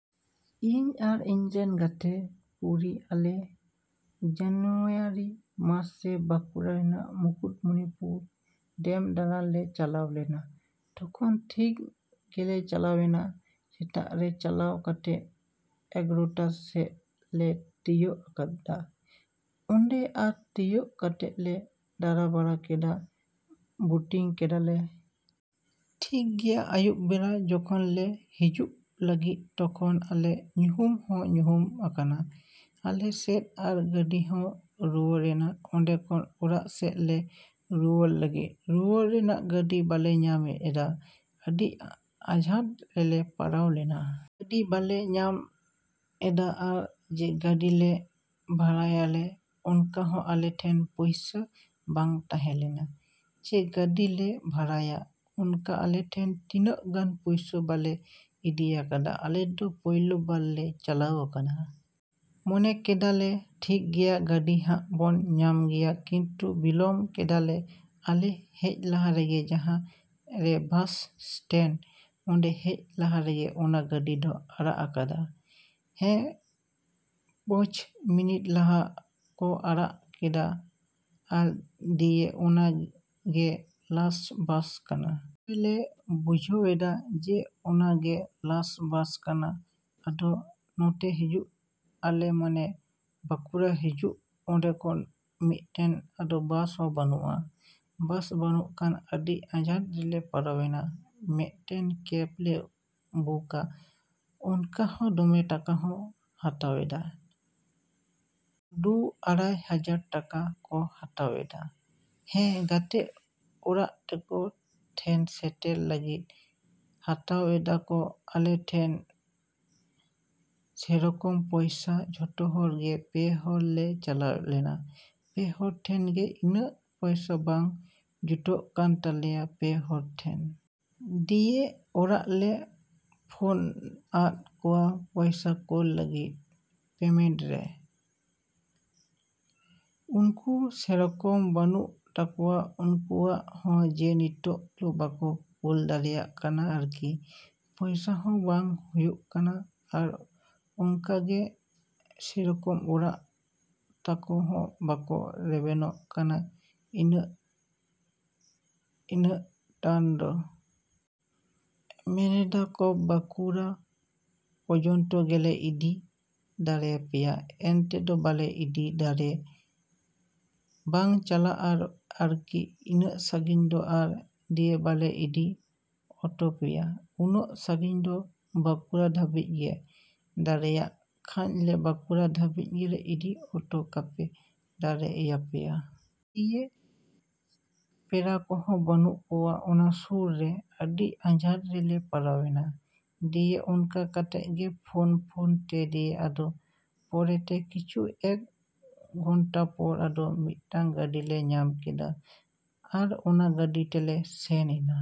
ᱤᱧ ᱟᱨ ᱤᱧ ᱨᱮᱱ ᱜᱟᱛᱮ ᱠᱩᱲᱤ ᱟᱞᱮ ᱡᱟᱱᱩᱭᱟᱨᱤ ᱢᱟᱥ ᱨᱮ ᱵᱟᱸᱠᱩᱲᱟ ᱨᱮᱱᱟᱜ ᱢᱩᱠᱩᱴᱢᱚᱱᱤᱯᱩᱨ ᱰᱮᱢ ᱫᱟᱬᱟᱱ ᱞᱮ ᱪᱟᱞᱟᱣ ᱞᱮᱱᱟ᱾ ᱛᱚᱠᱷᱚᱱ ᱴᱷᱤᱠ ᱜᱮᱞᱮ ᱪᱟᱞᱟᱣ ᱮᱱᱟ᱾ ᱥᱮᱛᱟᱜ ᱨᱮ ᱪᱟᱞᱟᱣ ᱠᱟᱛᱮᱫ ᱮᱜᱟᱨᱚᱴᱟ ᱥᱮᱫ ᱞᱮ ᱛᱤᱭᱟᱹᱜ ᱟᱠᱟᱫᱟ ᱚᱸᱰᱮ ᱟᱨ ᱛᱤᱭᱟᱹᱜ ᱠᱟᱛᱮᱫ ᱞᱮ ᱫᱟᱬᱟᱵᱟᱲᱟ ᱠᱮᱫᱟ, ᱵᱳᱴᱤᱝ ᱠᱮᱫᱟᱞᱮ᱾ ᱴᱷᱤᱠ ᱜᱮᱭᱟ, ᱟᱹᱭᱩᱵ ᱵᱮᱲᱟ ᱡᱚᱠᱷᱚᱱ ᱞᱮ ᱦᱤᱡᱩᱜ ᱞᱟᱹᱜᱤᱫ ᱛᱚᱠᱷᱚᱱ ᱟᱞᱮ ᱧᱩᱦᱩᱢ ᱦᱚᱸ ᱧᱩᱦᱩᱢ ᱟᱠᱟᱱᱟ ᱟᱞᱮ ᱥᱮᱫ ᱟᱨ ᱜᱟᱹᱰᱤ ᱦᱚᱸ ᱨᱩᱣᱟᱹᱲᱮᱱᱟ ᱚᱸᱰᱮ ᱠᱷᱚᱱ ᱚᱲᱟᱜ ᱥᱮᱫ ᱞᱮ ᱨᱩᱣᱟᱹᱲ ᱞᱟᱹᱜᱤᱫ᱾ ᱨᱩᱣᱟᱹᱲ ᱨᱮᱱᱟᱜ ᱜᱟᱹᱰᱤ ᱵᱟᱞᱮ ᱧᱟᱢ ᱮᱫᱟ, ᱟᱹᱰᱤ ᱟᱸᱡᱷᱟᱴ ᱨᱮᱞᱮ ᱯᱟᱲᱟᱣ ᱞᱮᱱᱟ᱾ ᱜᱟᱹᱰᱤ ᱵᱟᱞᱮ ᱧᱟᱢ ᱮᱫᱟ ᱟᱨ ᱡᱮ ᱜᱟᱹᱰᱤ ᱞᱮ ᱵᱷᱟᱲᱟᱭᱟᱞᱮ ᱚᱱᱠᱟ ᱦᱚᱸ ᱟᱞᱮ ᱴᱷᱮᱱ ᱯᱩᱭᱥᱟᱹ ᱵᱟᱝ ᱛᱟᱦᱮᱸ ᱞᱮᱱᱟ᱾ ᱡᱮ ᱜᱟᱹᱰᱤ ᱞᱮ ᱵᱷᱟᱲᱟᱭᱟ ᱚᱱᱠᱟ ᱟᱞᱮ ᱴᱷᱮᱱ ᱤᱱᱟᱹᱜ ᱜᱟᱱ ᱯᱩᱭᱥᱟᱹ ᱵᱟᱞᱮ ᱤᱫᱤ ᱟᱠᱟᱫᱟ᱾ ᱟᱞᱮ ᱫᱚ ᱯᱳᱭᱞᱳ ᱵᱟᱨᱞᱮ ᱪᱟᱞᱟᱣ ᱟᱠᱟᱱᱟ᱾ ᱢᱚᱱᱮ ᱠᱮᱫᱟ ᱞᱮ ᱴᱷᱤᱠ ᱜᱮᱭᱟ ᱜᱟᱹᱰᱤ ᱦᱟᱜ ᱵᱚᱱ ᱧᱟᱢ ᱜᱮᱭᱟ ᱠᱤᱱᱛᱩ ᱵᱤᱞᱚᱢ ᱠᱮᱫᱟᱞᱮ᱾ ᱟᱞᱮ ᱦᱮᱡ ᱞᱟᱦᱟ ᱨᱮᱜᱮ ᱡᱟᱦᱟᱸ ᱨᱮ ᱵᱟᱥ ᱮᱥᱴᱮᱱᱴ ᱚᱸᱰᱮ ᱦᱮᱡ ᱞᱟᱦᱟ ᱨᱮᱜᱮ ᱚᱱᱟ ᱜᱟᱹᱰᱤ ᱠᱚ ᱟᱲᱟᱜ ᱟᱠᱟᱫᱟ᱾ ᱦᱮᱸ, ᱯᱟᱸᱪ ᱢᱤᱱᱤᱴ ᱞᱟᱦᱟ ᱠᱚ ᱟᱲᱟᱜ ᱠᱮᱫᱟ ᱟᱨ ᱫᱤᱭᱮ ᱚᱱᱟ ᱜᱮ ᱞᱟᱥᱴ ᱵᱟᱥ ᱠᱟᱱᱟ᱾ ᱯᱚᱨᱮ ᱞᱮ ᱵᱩᱡᱷᱟᱹᱣᱮᱫᱟ ᱡᱮ ᱚᱱᱟ ᱜᱮ ᱞᱟᱥᱴ ᱵᱟᱥ ᱠᱟᱱᱟ᱾ ᱟᱫᱚ ᱱᱚᱛᱮ ᱦᱤᱡᱩᱜ ᱟᱞᱮ ᱢᱟᱱᱮ ᱵᱟᱸᱠᱩᱲᱟ ᱦᱤᱡᱩᱜ ᱚᱸᱰᱮ ᱠᱷᱚᱱ ᱢᱤᱫᱴᱮᱱ ᱟᱫᱚ ᱵᱟᱥ ᱦᱚᱸ ᱵᱟᱱᱩᱜᱼᱟ᱾ ᱵᱟᱥ ᱵᱟᱹᱱᱩᱜ ᱠᱷᱟᱱ ᱟᱹᱰᱤ ᱟᱸᱡᱷᱟᱴ ᱨᱮᱞᱮ ᱯᱟᱲᱟᱣ ᱮᱱᱟ᱾ ᱢᱤᱫᱴᱮᱱ ᱠᱮᱯ ᱞᱮ ᱵᱩᱠᱤᱝᱟ ᱚᱱᱠᱟ ᱦᱚᱸ ᱫᱚᱢᱮ ᱴᱟᱠᱟ ᱠᱚ ᱦᱟᱛᱟᱣ ᱮᱫᱟ᱾ ᱫᱩ ᱟᱲᱟᱭ ᱦᱟᱡᱟᱨ ᱴᱟᱠᱟ ᱠᱚ ᱦᱟᱛᱟᱣ ᱮᱫᱟ ᱦᱮᱸ, ᱜᱟᱛᱮ ᱚᱲᱟᱜ ᱛᱟᱠᱚ ᱴᱷᱮᱱ ᱥᱮᱴᱮᱨ ᱞᱟᱹᱜᱤᱫ᱾ ᱦᱟᱛᱟᱣ ᱮᱫᱟ ᱠᱚ ᱟᱞᱮ ᱴᱷᱮᱱ ᱥᱮᱨᱚᱠᱚᱢ ᱯᱚᱭᱥᱟ᱾ ᱡᱚᱛᱚ ᱦᱚᱲ ᱜᱮ ᱯᱮ ᱦᱚᱲ ᱞᱮ ᱪᱟᱞᱟᱣ ᱞᱮᱱᱟ᱾ ᱯᱮ ᱦᱚᱲ ᱴᱷᱮᱱ ᱜᱮ ᱤᱱᱟᱹᱜ ᱯᱚᱭᱥᱟ ᱵᱟᱝ ᱡᱩᱴᱟᱹᱜ ᱠᱟᱱ ᱛᱟᱞᱮᱭᱟ ᱯᱮ ᱦᱚᱲ ᱴᱷᱮᱱ᱾ ᱫᱤᱭᱮ ᱚᱲᱟᱜ ᱞᱮ ᱯᱷᱳᱱᱟᱫ ᱠᱚᱣᱟ ᱯᱚᱭᱥᱟ ᱠᱳᱞ ᱞᱟᱹᱜᱤᱫ ᱯᱮᱢᱮᱱᱴ ᱨᱮ᱾ ᱩᱱᱠᱩ ᱥᱮᱨᱚᱠᱚᱢ ᱵᱟᱹᱱᱩᱜ ᱛᱟᱠᱚᱣᱟ ᱩᱱᱠᱩᱣᱟᱜ ᱦᱚᱸ ᱡᱮ ᱱᱤᱛ ᱫᱚ ᱵᱟᱠᱚ ᱠᱳᱞ ᱫᱟᱲᱮᱜ ᱠᱟᱱᱟ ᱟᱨᱠᱤ᱾ ᱯᱚᱭᱥᱟ ᱦᱚᱸ ᱵᱟᱝ ᱦᱩᱭᱩᱜ ᱠᱟᱱᱟ ᱟᱨ ᱚᱝᱠᱟ ᱜᱮ ᱥᱮᱨᱚᱠᱚᱢ ᱚᱲᱟᱜ ᱛᱟᱠᱚ ᱦᱚᱸ ᱵᱟᱠᱚ ᱨᱮᱵᱮᱱᱚᱜ ᱠᱟᱱᱟ ᱤᱱᱟᱜ ᱤᱱᱟᱜᱴᱟᱱ ᱫᱚ᱾ ᱢᱮᱱᱮᱫᱟ ᱠᱚ ᱵᱟᱸᱠᱩᱲᱟ ᱯᱚᱡᱚᱱᱛᱚ ᱜᱮᱞᱮ ᱤᱫᱤ ᱫᱟᱲᱮᱭᱟᱯᱮᱭᱟ ᱚᱱᱛᱮ ᱫᱚ ᱵᱟᱞᱮ ᱤᱫᱤ ᱫᱟᱲᱮ, ᱵᱟᱝ ᱪᱟᱞᱟᱜᱼᱟ ᱟᱨᱠᱤ ᱤᱱᱟᱹᱜ ᱥᱟᱺᱜᱤᱧ ᱫᱚ ᱟᱨ ᱫᱤᱭᱮ ᱵᱟᱞᱮ ᱤᱫᱤ ᱚᱴᱚᱭᱟᱯᱮᱭᱟ ᱩᱱᱟᱹᱜ ᱥᱟᱺᱜᱤᱧ ᱫᱚ᱾ ᱵᱟᱸᱠᱩᱲᱟ ᱫᱷᱟᱹᱵᱤᱡ ᱜᱮ ᱸ, ᱫᱟᱲᱮᱭᱟᱜ ᱠᱷᱟᱡ ᱞᱮ ᱵᱟᱸᱠᱩᱲᱟ ᱫᱷᱟᱹᱵᱤᱡ ᱜᱮᱞᱮ ᱤᱫᱤ ᱚᱴᱚ ᱠᱟᱯᱮ ᱫᱟᱲᱮ ᱭᱟᱯᱮᱭᱟ᱾ ᱫᱤᱭᱮ ᱯᱮᱲᱟ ᱠᱚᱦᱚᱸ ᱵᱟᱹᱱᱩᱜ ᱠᱚᱣᱟ ᱚᱱᱟ ᱥᱩᱨ ᱨᱮ᱾ ᱟᱹᱰᱤ ᱟᱡᱷᱟᱴ ᱨᱮᱞᱮ ᱯᱟᱲᱟᱣ ᱮᱱᱟ᱾ ᱫᱤᱭᱮ ᱚᱱᱠᱟ ᱠᱟᱛᱮᱫ ᱜᱮ ᱯᱷᱳᱱ ᱯᱷᱳᱱᱛᱮ ᱫᱤᱭᱮ ᱟᱫᱚ ᱯᱚᱨᱮ ᱛᱮ ᱠᱤᱪᱷᱩ ᱮᱠ ᱜᱷᱚᱱᱴᱟ ᱯᱚᱨ ᱟᱫᱚ ᱢᱤᱫᱴᱟᱝ ᱜᱟᱹᱰᱤ ᱞᱮ ᱧᱟᱢ ᱠᱮᱫᱟ ᱟᱨ ᱚᱱᱟ ᱜᱟᱹᱰᱤ ᱛᱮᱞᱮ ᱥᱮᱱ ᱮᱱᱟ᱾